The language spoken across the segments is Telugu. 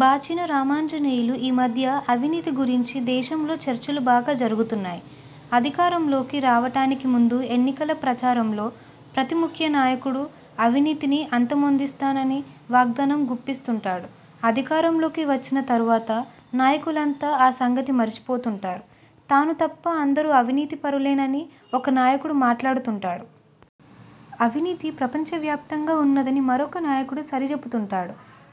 బాచిన రామాంజనేయులు ఈ మధ్య అవినీతి గురించి దేశంలో చర్చలు బాగా జరుగుతున్నాయి. అధికారంలోకి రావటానికి ముందు ఎన్నికల ప్రచారంలో ప్రతి ముఖ్య నాయకుడు అవినీతిని అంతమొందిస్తానని వాగ్దానం గుప్పిస్తుంటాడు. అధికారంలోకి వచ్చిన తర్వాత నాయకులంతా ఆ సంగతి మరిచిపోతుంటారు. తాను తప్ప అందరూ అవినీతిపరులేనని ఒక నాయకుడు మాట్లాడుతుంటాడు. అవినీతి ప్రపంచవ్యాప్తంగా ఉన్నదని మరొక నాయకుడు సర్దిచెబుతుంటాడు.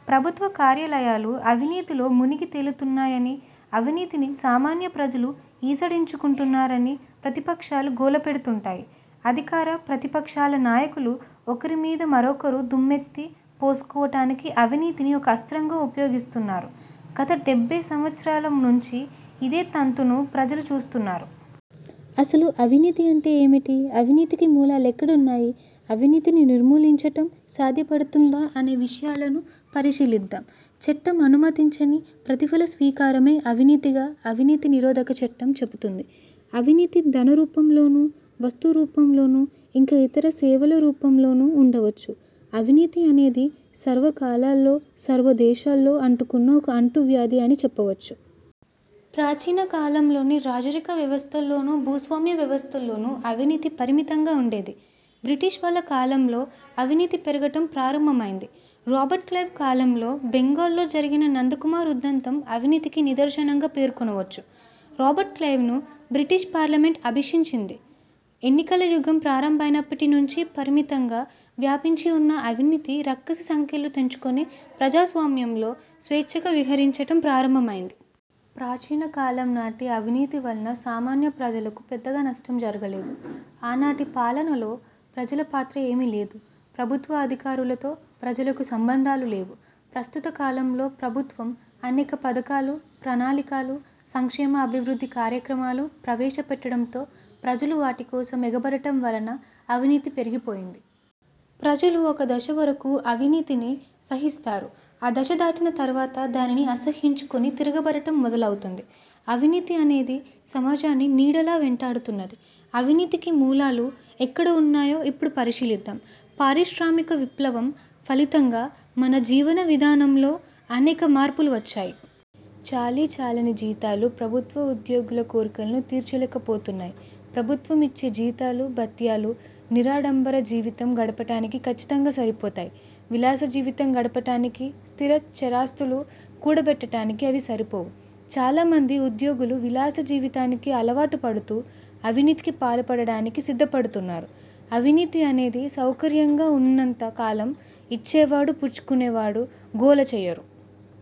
ప్రభుత్వ కార్యాలయాలు అవినీతిలో మునిగి తేలుతున్నాయని, అవినీతిని సామాన్య ప్రజలు ఈసడించుకొంటున్నారని ప్రతిపక్షాలు గోలపెడుతుంటాయి. అధికార, ప్రతిపక్షాల నాయకులు ఒకరి మీద మరొకరు దుమ్మెత్తి పోసుకోవటానికి అవినీతిని ఒక అస్త్రంగా ఉపయోగిస్తున్నారు. గత డెబ్బై సంవత్సరాల నుంచి ఇదే తంతును ప్రజలు చూస్తున్నారు. అసలు అవినీతి అంటే ఏమిటి? అవినీతికి మూలాలు ఎక్కడున్నాయి? అవినీతిని నిర్మూలించటం సాధ్యపడుతుందా అనే విషయాలను పరిశీలిద్దాం. చట్టం అనుమతించని ప్రతిఫల స్వీకారమే అవినీతిగా అవినీతి నిరోధక చట్టం చెబుతున్నది. అవినీతి ధనరూపంలోను, వస్తురూపంలోను, ఇంకా ఇతర సేవల రూపంలోను ఉండవచ్చు. అవినీతి అనేది సర్వకాలాల్లో, సర్వదేశాల్లో అంటుకొన్న ఒక అంటువ్యాధి అని చెప్పవచ్చు. ప్రాచీన కాలంలోని రాజరిక వ్యవస్థలోను, భూస్వామ్య వ్యవస్థల్లోను అవినీతి పరిమితంగా ఉండేది. బ్రిటిష్ వాళ్ళ కాలంలో అవినీతి పెరగటం ప్రారంభమయ్యింది. రాబర్ట్ క్లైవ్ కాలంలో బెంగాల్లో జరిగిన నందకుమార్ ఉదంతం అవినీతికి నిదర్శనంగా పేర్కొనవచ్చు. రాబర్ట్ క్లైవ్ను బ్రిటిష్ పార్లమెంట్ అభిశంచింది. ఎన్నికల యుగం ప్రారంభమైనప్పటి నుంచి పరిమితంగా వ్యాపించి ఉన్న అవినీతి రక్కసి సంకెళ్ళు తెంచుకొని ప్రజాస్వామ్యంలో స్వేచ్ఛగా విహరించటం ప్రారంభమైంది. ప్రాచీన కాలం నాటి అవినీతి వలన సామాన్య ప్రజలకు పెద్దగా నష్టం జరగలేదు. ఆనాటి పాలనలో ప్రజల పాత్ర ఏమీ లేదు. ప్రభుత్వ అధికారులతో ప్రజలకు సంబంధాలు లేవు. ప్రస్తుత కాలంలో ప్రభుత్వం అనేక పథకాలు, ప్రణాళికలు, సంక్షేమ, అభివృద్ధి కార్యక్రమాలు ప్రవేశపెట్టడంతో ప్రజలు వాటి కోసం ఎగబడటం వలన అవినీతి పెరిగిపోయింది. ప్రజలు ఒక దశ వరకు అవినీతిని సహిస్తారు. ఆ దశ దాటిన తర్వాత దానిని అసహ్యించుకుని తిరగబడటం మొదలవుతుంది. అవినీతి అనేది సమాజాన్ని నీడలా వెంటాడుతున్నది. అవినీతికి మూలాలు ఎక్కడ ఉన్నాయో ఇప్పుడు పరిశీలిద్దాం. పారిశ్రామిక విప్లవం ఫలితంగా మన జీవన విధానంలో అనేక మార్పులు వచ్చాయి. చాలీచాలని జీతాలు ప్రభుత్వ ఉద్యోగుల కోర్కెలను తీర్చలేకపోతున్నాయి. ప్రభుత్వం ఇచ్చే జీతాలు, భత్యాలు నిరాడంబర జీవితం గడపటానికి ఖచ్చితంగా సరిపోతాయి. విలాస జీవితం గడపటానికి, స్థిర, చరాస్తులు కూడబెట్టడానికి అవి సరిపోవు. చాలామంది ఉద్యోగులు విలాస జీవితానికి అలవాటుపడుతూ అవినీతికి పాల్పడటానికి సిద్ధపడుతున్నారు. అవినీతి అనేది సౌకర్యంగా ఉన్నంత కాలం ఇచ్చేవాడు, పుచ్చుకునేవాడు గోల చేయరు.